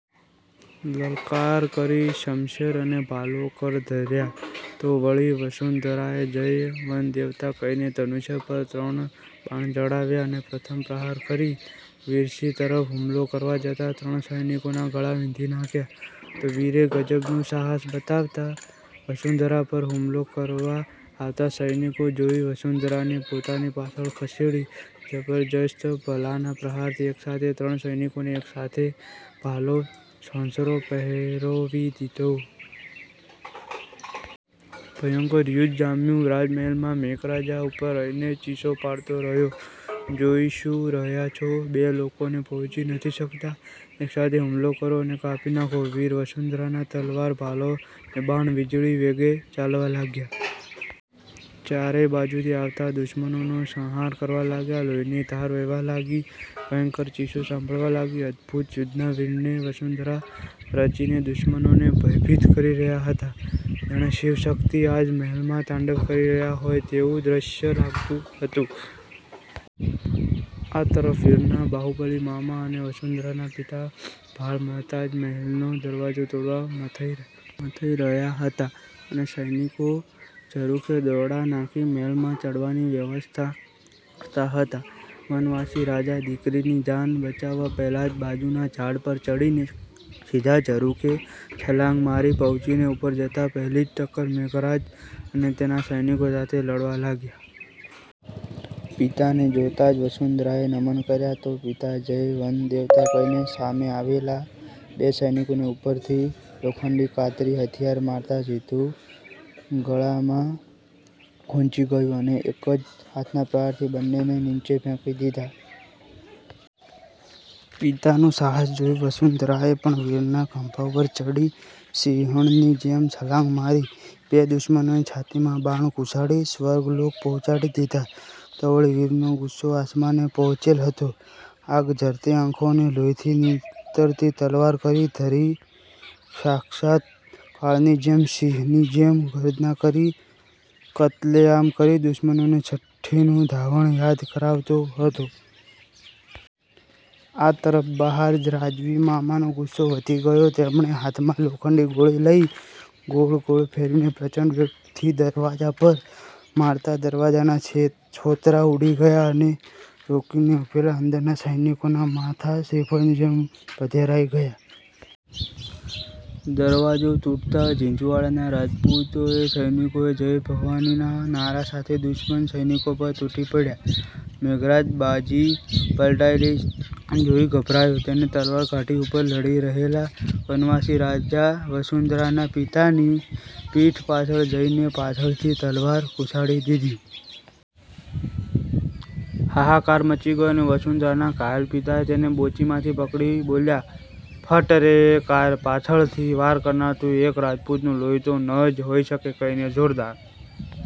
લલકાર કરી શમશેર અને ભાલો કર ધર્યા. તો વળી વસુંધરાએ જય વનદેવતા," કહીને ધનુષ્ય પર ત્રણ બાણ ચડાવ્યા અને પ્રથમ પ્રહાર કરી વીરસિંહ તરફ હુમલો કરવા જતાં ત્રણ સૈનિકોનાં ગળા વીંધી નાખ્યાં. તો વીરે ગજબનું સાહસ બતાવતાં વસુંધરા પર હુમલો કરવા આવતાં સૈનિકો જોઈ વસુંધરાને પોતાની પાછળ ખસેડી જબરજસ્ત ભલાનાં પ્રહારથી એકસાથે ત્રણ સૈનિકોને એકસાથે ભાલો સોંસરો પેરોવી દીધો. ભયંકર યુદ્ધ જામ્યું રાજમહેલમાં. મેઘરાજ ઉપર રહીને ચીસો પાડતો રહયો,"જોઈ શું રહ્યાં છો બે લોકોને પહોંચી નથી શકતાં? એકસાથે હુમલો કરો અને કાપી નાખો." વીર, વસુંધરાના તલવાર, ભાલો, ને બાણ વીજળી વેગે ચાલવા લાગ્યાં. ચારેય બાજુથી આવતાં દુશ્મનોનો સંહાર કરવા લાગ્યાં. લોહીની ધાર વહેવા લાગી, ભયંકર ચીસો સાંભળવા લાગી. અદભુત યુદ્ધનાં વીર ને વસુંધરા રચીને દુશ્મનોને ભયભીત કરી રહ્યાં હતાં. જાણે શિવશક્તિ આજ મહેલમાં તાંડવ કરી રહ્યાં હોય તેવુ દ્રશ્ય લાગતું હતું. આ તરફ વીરનાં બાહુબલી મામા અને વસુંધરાનાં પિતા ભાળ મળતાં જ મહેલનો દરવાજો તોડવા મથઈ રહ્યાં હતાં, અને સૈનિકો ઝરૂખે દોરડા નાંખી મહેલમાં ચડવાની વ્યવસ્થા કરતાં હતાં. વનવાસી રાજા દીકરીની જાન બચાવવાં પહેલાં જ બાજુના ઝાડ પર ચડીને સીધાં ઝરુખે છલાંગ મારી, પહોંચીને ઉપર જતાં પહેલી જ ટક્કર મેઘરાજ અને તેનાં સૈનિકો સાથે લડવા લાગ્યાં. પિતાને જોતાં જ વસુંધરાએ નમન કર્યા, તો પિતાએ 'જય વનદેવતા' કહીને સામે આવેલા બે સૈનિકોને ઉપર થી લોખંડી કાતરી હથિયાર મારતાં સીધું ગળામાં ખુંચી ગયું, અને એક જ હાથના પ્રહારથી બંનેને નીચે ફેંકી દીધાં. પિતાનું સાહસ જોઈ વસુંધરાએ પણ વીરના ખંભા ઉપર ચડી સિંહણની જેમ છલાંગ મારી બે દુશ્મનોની છાતીમાં બાણ ઘુસાડી સ્વર્ગલોક પહોંચાડી દીધાં, તો વળી વીરનો ગુસ્સો આસમાને પહોંચેલ હતો, આગ ઝરતી આંખો ને લોહી થી નીતરતી તલવાર કર ધરી સાક્ષાત કાળની જેમ સિંહની જેમ ગર્જના કરી કત્લેઆમ કરી દુશ્મનોને છઠ્ઠીનું ધાવણ યાદ કરાવતો હતો. આ તરફ બહાર રાજવી મામાનો ગુસ્સો વધી ગયો, તેમણે હાથમાં લોખંડી ગોળી લઈ ગોળ-ગોળ ફેરવીને પ્રચંડ વેગથી દરવાજા પર મારતાં દરવાજાના છોતરાં ઊડી ગયાં, અને રોકીને ઉભેલા અંદરના સૈનિકોનાં માથાં શ્રીફળની જેમ વધેરાઈ ગયાં. દરવાજો તૂટતાં જ ઝીંઝુવાડાના રાજપૂતોએ સૈનિકોએ "જય ભવાની" નાં નારાં સાથે દુશ્મન સૈનિકો પર તૂટી પડ્યાં. મેઘરાજ બાજી પલટાયેલી જોઈ ગભરાયો તેને તલવાર કાઢી ઉપર લડી રહેલાં વનવાસી રાજા વસુંધરાનાં પિતાની પીઠ પાછળ જઈને પાછળથી તલવાર ઘુસાડી દીધી. હાહાકાર મચી ગયો, અને વસુંધરાનાં ઘાયલ પિતાએ તેને બોચીમાંથી પકડીને બોલ્યાં,"ફટ રે કાયર, પાછળથી વાર કરનાર તું એક રાજપુતનું લોહી તો ન જ હોઈ શકે," કહીને જોરદાર